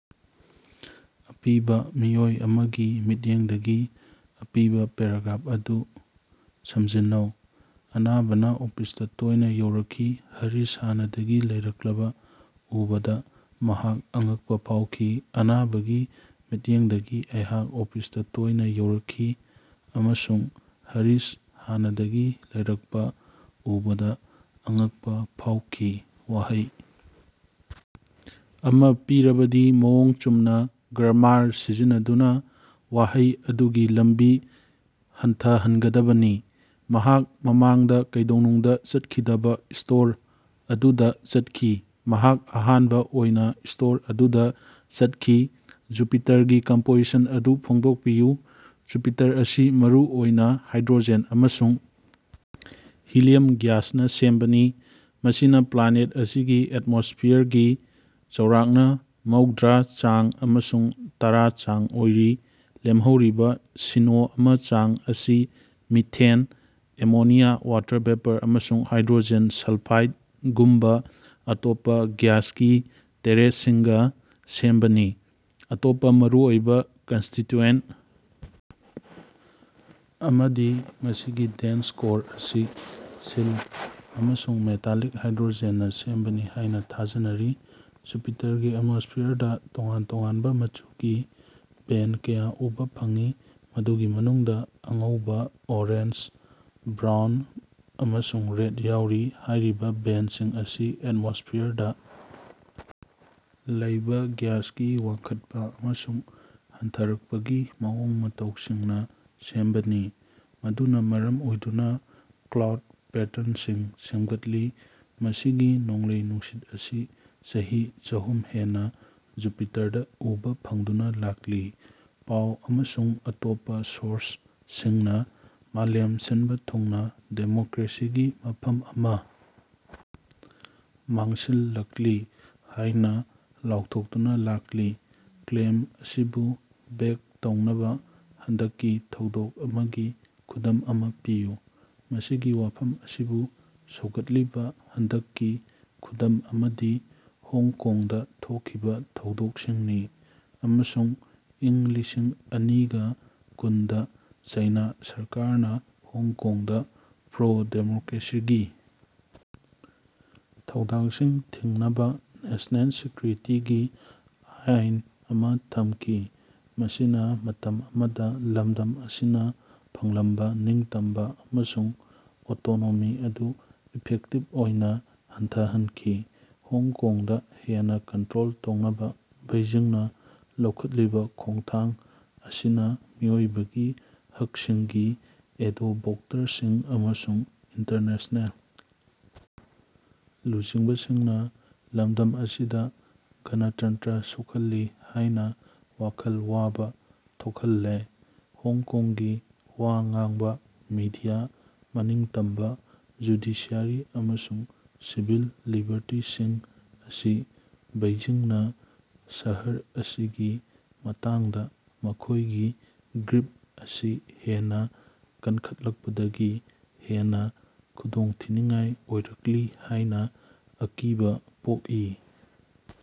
ꯑꯄꯤꯕꯥ ꯃꯤꯑꯣꯏ ꯑꯃꯒꯤ ꯃꯤꯠꯌꯦꯡꯗꯒꯤ ꯑꯄꯤꯕꯥ ꯄꯦꯔꯥꯒ꯭ꯔꯥꯐ ꯑꯗꯨ ꯁꯝꯖꯤꯟꯅꯧ꯫ ꯑꯅꯥꯕꯅꯥ ꯑꯣꯐꯤꯁꯇꯥ ꯇꯣꯏꯅꯥ ꯌꯧꯔꯛꯈꯤ꯫ ꯍꯔꯤꯁ ꯍꯥꯟꯅꯗꯒꯤ ꯂꯩꯔꯛꯂꯕ ꯎꯕꯗ ꯃꯍꯥꯛ ꯑꯉꯛꯄꯥ ꯐꯥꯎꯈꯤ꯫ ꯑꯅꯥꯕꯀꯤ ꯃꯤꯠꯌꯦꯡꯗꯒꯤ: ꯑꯩꯍꯥꯛ ꯑꯣꯐꯤꯁꯇꯥ ꯇꯣꯏꯅ ꯌꯧꯔꯛꯈꯤ ꯑꯃꯁꯨꯡ ꯍꯔꯤꯁ ꯍꯥꯟꯅꯗꯒꯤ ꯂꯩꯔꯛꯄꯥ ꯎꯕꯗꯥ ꯑꯉꯛꯄꯥ ꯐꯥꯎꯈꯤ꯫ ꯋꯥꯍꯩ ꯑꯃꯥ ꯄꯤꯔꯕꯗꯤ, ꯃꯑꯣꯡ ꯆꯨꯝꯅꯥ ꯒ꯭ꯔꯥꯃꯥꯔ ꯁꯤꯖꯤꯟꯅꯗꯨꯅꯥ ꯋꯥꯍꯩ ꯑꯗꯨꯒꯤ ꯂꯝꯕꯤ ꯍꯟꯊꯍꯟꯒꯗꯕꯅꯤ꯫ ꯃꯍꯥꯛ ꯃꯃꯥꯡꯗ ꯀꯩꯗꯧꯅꯨꯡꯗ ꯆꯠꯈꯤꯗꯕ ꯁ꯭ꯇꯣꯔ ꯑꯗꯨꯗꯥ ꯆꯠꯈꯤ꯫ ꯃꯍꯥꯛ ꯑꯍꯥꯟꯕ ꯑꯣꯏꯅꯥ ꯁ꯭ꯇꯣꯔ ꯑꯗꯨꯗ ꯆꯠꯈꯤ꯫ ꯖꯨꯄꯤꯇꯥꯔꯒꯤ ꯀꯝꯄꯣꯖꯤꯁꯟ ꯑꯗꯨ ꯐꯣꯡꯗꯣꯛꯄꯤꯌꯨ꯫ ꯖꯨꯄꯤꯇꯥꯔ ꯑꯁꯤ ꯃꯔꯨ ꯑꯣꯏꯅ ꯍꯥꯏꯗ꯭ꯔꯣꯖꯦꯟ ꯑꯃꯁꯨꯡ ꯍꯤꯂꯤꯌꯝ ꯒ꯭ꯌꯥꯁꯅ ꯁꯦꯝꯕꯅꯤ, ꯃꯁꯤꯅ ꯄ꯭ꯂꯥꯅꯦꯠ ꯑꯁꯤꯒꯤ ꯑꯦꯠꯃꯣꯁ꯭ꯐꯤꯌꯔꯒꯤ ꯆꯥꯎꯔꯥꯛꯅꯥ ꯃꯧꯗꯔꯥ ꯆꯥꯡ ꯑꯃꯁꯨꯡ ꯇꯔꯥ ꯆꯥꯡ ꯑꯣꯏꯔꯤ꯫ ꯂꯦꯝꯍꯧꯔꯤꯕꯥ ꯁꯤꯅ‌ꯣ ꯑꯃꯥ ꯆꯥꯡ ꯑꯁꯤ ꯃꯤꯊꯦꯟ, ꯑꯦꯃꯣꯅꯤꯌꯥ, ꯋꯥꯇꯔ ꯚꯦꯄꯣꯔ ꯑꯃꯁꯨꯡ ꯍꯥꯏꯗ꯭ꯔꯣꯖꯦꯟ ꯁꯜꯐꯥꯏꯗꯒꯨꯝꯕꯥ ꯑꯇꯣꯞꯄꯥ ꯒ꯭ꯌꯥꯁꯀꯤ ꯇ꯭ꯔꯦꯁꯁꯤꯡꯅꯥ ꯁꯦꯝꯕꯅꯤ꯫ ꯑꯇꯣꯞꯄꯥ ꯃꯔꯨꯑꯣꯏꯕꯥ ꯀꯟꯁꯇꯤꯇꯌꯨꯑꯦꯟꯇ ꯑꯃꯗꯤ ꯃꯁꯤꯒꯤ ꯗꯦꯟꯁ ꯀꯣꯔ ꯑꯁꯤ ꯁꯤꯜ ꯑꯃꯁꯨꯡ ꯃꯦꯇꯥꯂꯤꯛ ꯍꯥꯏꯗ꯭ꯔꯣꯖꯦꯟꯅꯥ ꯁꯦꯝꯕꯅꯤ ꯍꯥꯏꯅ ꯊꯥꯖꯅꯔꯤ꯫ ꯖꯨꯄꯤꯇꯥꯔꯒꯤ ꯑꯦꯠꯃꯣꯁ꯭ꯐꯤꯌꯔꯗꯥ ꯇꯣꯉꯥꯟ ꯇꯣꯉꯥꯟꯕ ꯃꯆꯨꯒꯤ ꯕꯦꯟꯗ ꯀꯌꯥ ꯎꯕ ꯐꯪꯏ, ꯃꯗꯨꯒꯤ ꯃꯅꯨꯡꯗ ꯑꯉꯧꯕ, ꯑꯣꯔꯦꯟꯖ, ꯕ꯭ꯔꯥꯎꯟ ꯑꯃꯁꯨꯡ ꯔꯦꯗ ꯌꯥꯎꯔꯤ꯫ ꯍꯥꯏꯔꯤꯕ ꯕꯦꯟꯗꯁꯤꯡ ꯑꯁꯤ ꯑꯦꯠꯃꯣꯁ꯭ꯐꯤꯌꯔꯗꯥ ꯂꯩꯕꯥ ꯒ꯭ꯌꯥꯁꯀꯤ ꯋꯥꯡꯈꯠꯄ ꯑꯃꯁꯨꯡ ꯍꯟꯊꯔꯛꯄꯒꯤ ꯃꯑꯣꯡ-ꯃꯇꯧꯁꯤꯡꯅ ꯁꯦꯝꯕꯅꯤ, ꯃꯗꯨꯅ ꯃꯔꯝ ꯑꯣꯏꯗꯨꯅ ꯀ꯭ꯂꯥꯎꯗ ꯄꯦꯇꯔꯟꯁꯤꯡ ꯁꯦꯝꯒꯠꯂꯤ꯫ ꯃꯁꯤꯒꯤ ꯅꯣꯡꯂꯩ-ꯅꯨꯡꯁꯤꯠ ꯑꯁꯤ ꯆꯍꯤ ꯆꯥꯍꯨꯝ ꯍꯦꯟꯅ ꯖꯨꯄꯤꯇꯥꯔꯗ ꯎꯕꯥ ꯐꯪꯗꯨꯅꯥ ꯂꯥꯛꯂꯤ꯫ ꯄꯥꯎ ꯑꯃꯁꯨꯡ ꯑꯇꯣꯞꯄ ꯁꯣꯔꯁꯁꯤꯡꯅ ꯃꯥꯂꯦꯝ ꯁꯤꯟꯕ ꯊꯨꯡꯅ ꯗꯦꯃꯣꯀ꯭ꯔꯦꯁꯤꯒꯤ ꯃꯐꯝ ꯑꯃꯥ ꯃꯥꯡꯁꯤꯜꯂꯛꯂꯤ ꯍꯥꯏꯅ ꯂꯥꯎꯊꯣꯛꯇꯨꯅꯥ ꯂꯥꯛꯂꯤ꯫ ꯀ꯭ꯂꯦꯝ ꯑꯁꯤꯕꯨ ꯕꯦꯛ ꯇꯧꯅꯕ ꯍꯟꯗꯛꯀꯤ ꯊꯧꯗꯣꯛ ꯑꯃꯒꯤ ꯈꯨꯗꯝ ꯑꯃꯥ ꯄꯤꯌꯨ꯫ ꯃꯁꯤꯒꯤ ꯋꯥꯐꯝ ꯑꯁꯤꯕꯨ ꯁꯧꯒꯠꯂꯤꯕ ꯍꯟꯗꯛꯀꯤ ꯈꯨꯗꯝ ꯑꯃꯗꯤ ꯍꯣꯡꯀꯣꯡꯗꯥ ꯊꯣꯛꯈꯤꯕꯥ ꯊꯧꯗꯣꯛꯁꯤꯡꯅꯤ꯫ ꯑꯃꯁꯨꯡ ꯏꯪ ꯂꯤꯁꯤꯡ ꯑꯅꯤꯒ ꯀꯨꯟꯗꯥ ꯆꯥꯏꯅꯥ ꯁꯔꯀꯥꯔꯅ ꯍꯣꯡꯀꯣꯡꯗ ꯄ꯭ꯔꯣꯗꯦꯃꯣꯀꯔꯦꯁꯤꯒꯤ ꯊꯧꯗꯣꯛꯁꯤꯡ ꯊꯤꯡꯅꯕꯥ ꯅꯦꯁ꯭ꯅꯦꯜ ꯁꯦꯀ꯭ꯌꯨꯔꯤꯇꯤꯒꯤ ꯑꯥꯏꯟ ꯑꯃꯥ ꯊꯝꯈꯤ, ꯃꯁꯤꯅ ꯃꯇꯝ ꯑꯃꯗ ꯂꯝꯗꯝ ꯑꯁꯤꯅ ꯐꯪꯂꯝꯕ ꯅꯤꯡꯇꯝꯕ ꯑꯃꯁꯨꯡ ꯑꯣꯇꯣꯅꯣꯃꯤ ꯑꯗꯨ ꯏꯐꯦꯛꯇꯤꯕ ꯑꯣꯏꯅ ꯍꯟꯊꯍꯟꯈꯤ꯫ ꯍꯣꯡꯀꯣꯡꯗꯥ ꯍꯦꯟꯅꯥ ꯀꯟꯇꯔꯣꯜ ꯇꯧꯅꯕ ꯕꯦꯏꯖꯤꯡꯅ ꯂꯧꯈꯠꯂꯤꯕ ꯈꯣꯡꯊꯥꯡ ꯑꯁꯤꯅ ꯃꯤꯑꯣꯏꯕꯒꯤ ꯍꯛꯁꯤꯡꯒꯤ ꯑꯦꯗꯣꯕꯣꯛꯇꯔꯁꯤꯡ ꯑꯃꯁꯨꯡ ꯏꯟꯇꯔꯅꯦꯁ꯭ꯅꯦꯜ ꯂꯨꯆꯤꯡꯕꯁꯤꯡꯅ ꯂꯝꯗꯝ ꯑꯁꯤꯗ ꯒꯅꯇꯟꯇꯔ ꯁꯣꯛꯍꯜꯂꯤ ꯍꯥꯏꯅꯥ ꯋꯥꯈꯜ ꯋꯥꯕ ꯊꯣꯛꯍꯜꯂꯦ꯫ ꯍꯣꯡꯀꯣꯡꯒꯤ ꯋꯥ ꯉꯥꯡꯕꯥ ꯃꯤꯗꯤꯌꯥ, ꯃꯅꯤꯡꯇꯝꯕ ꯖꯨꯗꯤꯁꯤꯌꯔꯤ ꯑꯃꯁꯨꯡ ꯁꯤꯚꯤꯜ ꯂꯤꯕꯔꯇꯤꯁꯤꯡ ꯑꯁꯤ ꯕꯦꯏꯖꯤꯡꯅ ꯁꯍꯔ ꯑꯁꯤꯒꯤ ꯃꯇꯥꯡꯗ ꯃꯈꯣꯏꯒꯤ ꯒ꯭ꯔꯤꯞ ꯑꯁꯤ ꯍꯦꯟꯅꯥ ꯀꯟꯈꯠꯂꯛꯄꯗꯒꯤ ꯍꯦꯟꯅ ꯈꯨꯗꯣꯡꯊꯤꯅꯤꯡꯉꯥꯏ ꯑꯣꯏꯔꯛꯂꯤ ꯍꯥꯏꯅꯥ ꯑꯀꯤꯕꯥ ꯄꯣꯛꯏ꯫